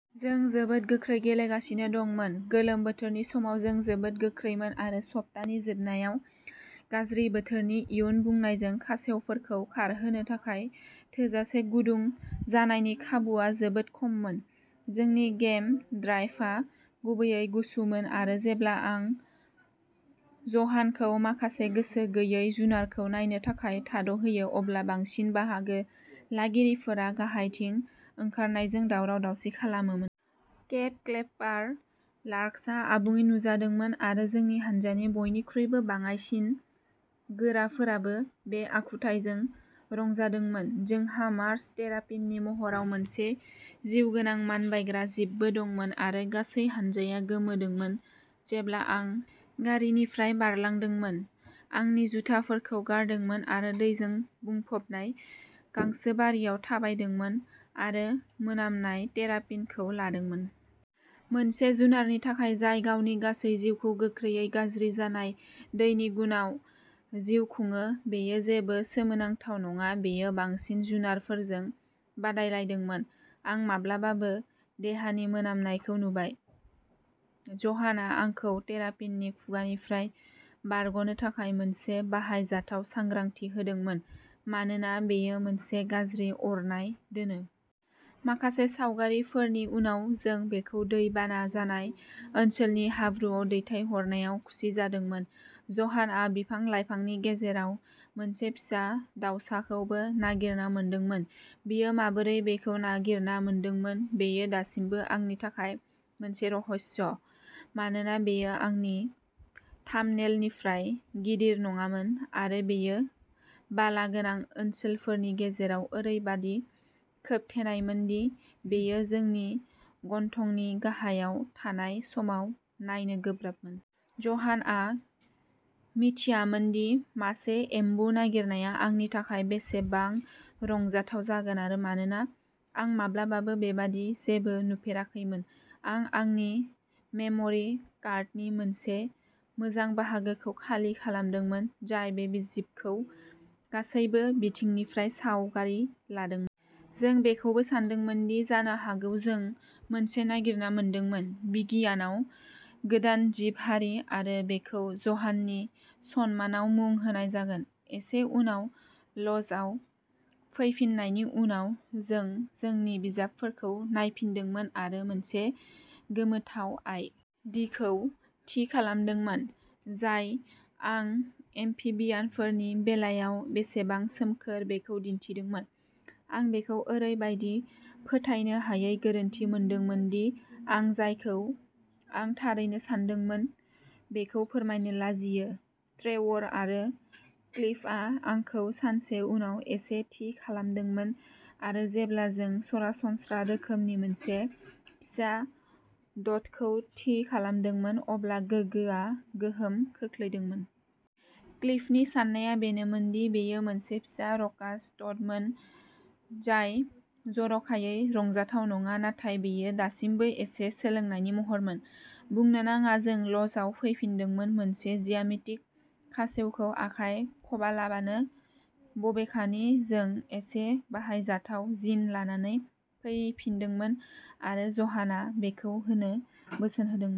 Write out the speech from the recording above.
जों जोबोद गोख्रै गेलेगासिनो दंमोन। गोलोम बोथोरनि समाव जों जोबोद गोख्रैमोन आरो सप्तानि जोबनायाव गाज्रि बोथोरनि इयुन बुंनायजों खासेवफोरखौ खारहोनो थाखाय थोजासे गुदुं जानायनि खाबुआ जोबोद खममोन। जोंनि गेम ड्राइभआ गुबैयै गुसुमोन आरो जेब्ला आं ज'हानखौ माखासे गोसो गैयै जुनारखौ नायनो थाखाय थाद'होयो अब्ला बांसिन बाहागो लागिरिफोरा गाहायथिं ओंखारनायजों दावराव-दावसि खालामोमोन। केप क्लेपार लार्क्सआ आबुङै नुजादोंमोन आरो जोंनि हान्जानि बयनिख्रुइबो बाङाइसिन गोराफोराबो बे आखुथाइजों रंजादोंमोन। जोंहा मार्श टेरापिननि महराव मोनसे जिउगोनां मानबायग्रा जिबबो दंमोन आरो गासै हानजाया गोमोदोंमोन जेब्ला आं गारिनिफ्राय बारलांदोंमोन, आंनि जुथाफोरखौ गारदोंमोन आरो दैजों बुंफबनाय गांसोबारियाव थाबायदोंमोन आरो मोनामनाय टेरापिनखौ लादोंमोन। मोनसे जुनारनि थाखाय जाय गावनि गासै जिउखौ गोख्रैयै गाज्रि जानाय दैनि गुनआव जिउ खुङो, बेयो जेबो सोमोनांथाव नङा बेयो बांसिन जुनारफोरजों बादायलायदोंमोन। आं माब्लाबाबो देहानि मोनामनायखौ नुबाय। ज'हानआ आंखौ टेरापिननि खुगानिफ्राय बारग'नो थाखाय मोनसे बाहायजाथाव साग्रांथि होदोंमोन, मानोना बेयो मोनसे गाज्रि अरनाय दोनो। माखासे सावगारिफोरनि उनाव जों बेखौ दै बाना जानाय ओनसोलनि हाब्रुआव दैथायहरनायाव खुसि जादोंमोन। ज'हानआ बिफां-लाइफांनि गेजेराव मोनसे फिसा दाउसाखौबो नागिरना मोनदोंमोन। बियो माबोरै बेखौ नागिरना मोनदोंमोन, बेयो दासिमबो आंनि थाखाय मोनसे रहस्य, मानोना बेयो आंनि थाम्बनेइलनिफ्राय गिदिर नङामोन आरो बेयो बालागोनां ओनसोलफोरनि गेजेराव ओरैबादि खोबथेनायमोन दि बेयो जोंनि गन्थंनि गाहायाव थानाय समाव नायनो गोब्राबमोन। ज'हानआ मिथियामोन दि मासे एम्बु नागिरनाया आंनि थाखाय बेसेबां रंजाथाव जागोन आरो मानोना आं माब्लाबाबो बेबादि जेबो नुफेराखैमोन, आं आंनि मेम'रि कार्डनि मोनसे मोजां बाहागोखौ खालि खालामदोंमोन, जाय बे जिबखौ गासैबो बिथिंनिफ्राय सावगारि लादोंमोन। जों बेखौबो सानदोंमोन दि जानो हागौ जों मोनसे नागिरना मोनदोंमोन। बिगियानाव गोदान जिब-हारि आरो बेखौ ज'हाननि सन्मानाव मुं होनाय जागोन! एसे उनाव ल'जआव फैफिननायनि उनाव जों जोंनि बिजाबफोरखौ नायफिनदोंमोन आरो मोनसे गोमोथाव आइ. डि. खौ थि खालामदोंमोन, जाय आं एम्फिबियानफोरनि बेलायाव बेसेबां "सोमखोर" बेखौ दिन्थिदोंमोन। आं बेखौ ओरैबायदि फोथायनो हायै गोरोन्थि मोनदोंमोन दि आं जायखौ आं थारैनो सानदोंमोन बेखौ फोरमायनो लाजियो। ट्रेवर आरो क्लिफआ आंखौ सानसे उनाव एसे थि खालामदोंमोन आरो जेब्ला जों सरासनस्रा रोखोमनि मोनसे फिसा ट'डखौ थि खालामदोंमोन, अब्ला गोगोआ गोहोम खोख्लैदोंमोन। क्लिफनि साननाया बेनोमोन दि बेयो मोनसे फिसा र'कास ट'डमोन, जाय जर'खायै रंजाथाव नङा, नाथाय बेयो दासिमबो एसे सोलोंनायनि महरमोन। बुंनो नाङा जों ल'जआव फैफिन्दोंमोन मोनसे ज्यामितिक खासेवखौ आखाइ खबालाबानो। बबेखानि, जों एसे बाहायजाथाव जिन लानानै फैफिन्दोंमोन आरो ज'हाना बेखौ होनो बोसोन होदोंमोन।